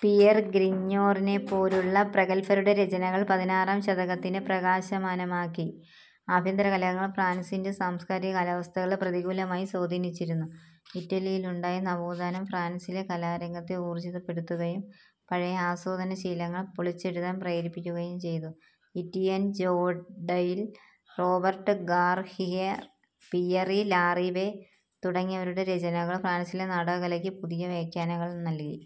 Pierre ഗ്രിഞ്ഞോറിനെപ്പോലുള്ള പ്രഗല്ഭരുടെ രചനകൾ പതിനാറാം ശതകത്തിനെ പ്രകാശമാനമാക്കി. ആഭ്യന്തരകലഹങ്ങൾ ഫ്രാൻസിന്റെ സാംസ്കാരിക കാലാവസ്ഥകളെ പ്രതികൂലമായി സ്വാധീനിച്ചിരുന്നു. ഇറ്റലിയിലുണ്ടായ നവോത്ഥാനം ഫ്രാൻസിലെ കലാരംഗത്തെ ഊർജ്ജിതപ്പെടുത്തുകയും പഴയ ആസ്വാദനശീലങ്ങൾ പൊളിച്ചെഴുതാൻ പ്രേരിപ്പിക്കുകയും ചെയ്തു. Etienne Jodelle, Robert Garnier, Pierre Larivey തുടങ്ങിയവരുടെ രചനകൾ ഫ്രാൻസിലെ നാടകകലയ്ക്ക് പുതിയ വ്യാഖ്യാനങ്ങൾ നല്കി.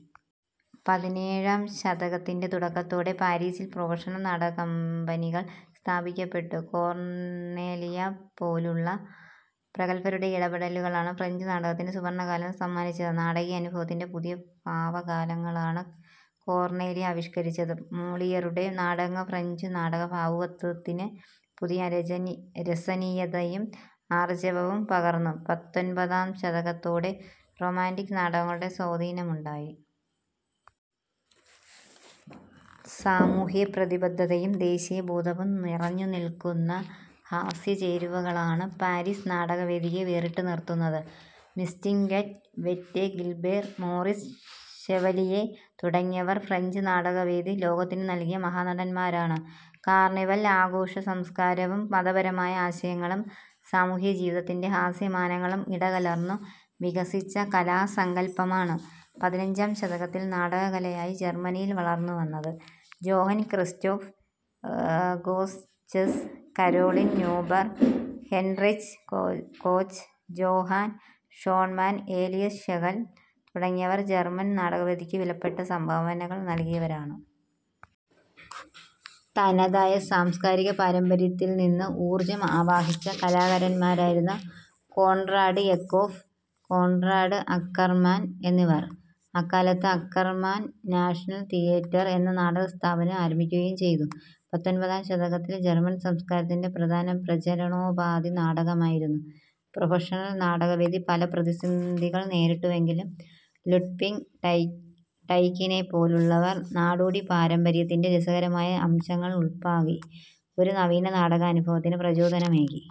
പതിനേഴാം ശതകത്തിന്റെ തുടക്കത്തോടെ പാരിസിൽ പ്രൊഫഷണൽ നാടകക്കമ്പനികൾ സ്ഥാപിക്കപ്പെട്ടു. കോർണേലിയെ പോലുള്ള പ്രഗല്ഭരുടെ ഇടപെടലുകളാണ് ഫ്രഞ്ച് നാടകത്തിന് സുവർണകാലം സമ്മാനിച്ചത്. നാടകീയാനുഭവത്തിന്റെ പുതിയ ഭാവകാലങ്ങളാണ് കോർണേലി ആവിഷ്കരിച്ചത്. മോളിയറുടെ നാടകങ്ങൾ ഫ്രഞ്ച് നാടകഭാവുകത്വത്തിന് പുതിയ രജനി രസനീയതയും ആർജവവും പകർന്നു. പത്തൊനപതാം ശതകത്തോടെ റൊമാന്റിക് നാടകങ്ങളുടെ സ്വാധീനമുണ്ടായി. സാമൂഹ്യപ്രതിബദ്ധതയും ദേശീയബോധവും നിറഞ്ഞുനില്ക്കുന്ന ഹാസ്യചേരുവകളാണ് പാരിസ് നാടകവേദിയെ വേറിട്ടുനിർത്തുന്നത്. Mistinguett Yvette Guilbert, Maurice Chevalier തുടങ്ങിയവർ ഫ്രഞ്ച് നാടകവേദി ലോകത്തിന് നല്കിയ മഹാനടന്മാരാണ്. കാർണിവൽ ആഘോഷസംസ്കാരവും മതപരമായ ആശയങ്ങളും സാമൂഹികജീവിതത്തിന്റെ ഹാസ്യമാനങ്ങളും ഇടകലർന്നു വികസിച്ച കലാസങ്കല്പമാണ് പതിനഞ്ചാം ശതകത്തിൽ നാടകകലയായി ജർമനിയിൽ വളർന്നുവന്നത്. ജോഹൻ ക്രിസ്റ്റോഫ് ഗോസ്സ്ചെസ്, Caroline Neuber, Heinrich Koch, Johann Schonemann, Elias Schlegel തുടങ്ങിയവർ ജർമൻ നാടകവേദിക്ക് വിലപ്പെട്ട സംഭാവനകൾ നല്കിയവരാണ്. തനതായ സാംസ്കാരിക പാരമ്പര്യത്തിൽനിന്ന് ഊർജ്ജം ആവാഹിച്ച കലാകാരന്മാരായിരുന്നു കോൺറാഡ് എക്കോഫ്, കോൺറാഡ് അക്കർമാൻ എന്നിവർ. അക്കാലത്ത് അക്കർമാൻ 'നാഷണൽ തിയേറ്റർ' എന്ന നാടകസ്ഥാപനം ആരംഭിക്കുകയും ചെയ്തു. പത്തൊൻപതാം ശതകത്തിൽ ജർമൻ സംസ്കാരത്തിന്റെ പ്രധാന പ്രചരണോപാധി നാടകമായിരുന്നു. പ്രൊഫഷണൽ നാടകവേദി പല പ്രതിസന്ധികൾ നേരിട്ടുവെങ്കിലും ലുഡ്പിങ് ടൈ ടൈക്കിനെപ്പോലുള്ളവർ നാടോടി പാരമ്പര്യത്തിന്റെ രസകരമായ അംശങ്ങൾ ഉൾപാകി, ഒരു നവീന നാടകാനുഭവത്തിന് പ്രചോദനമേകി.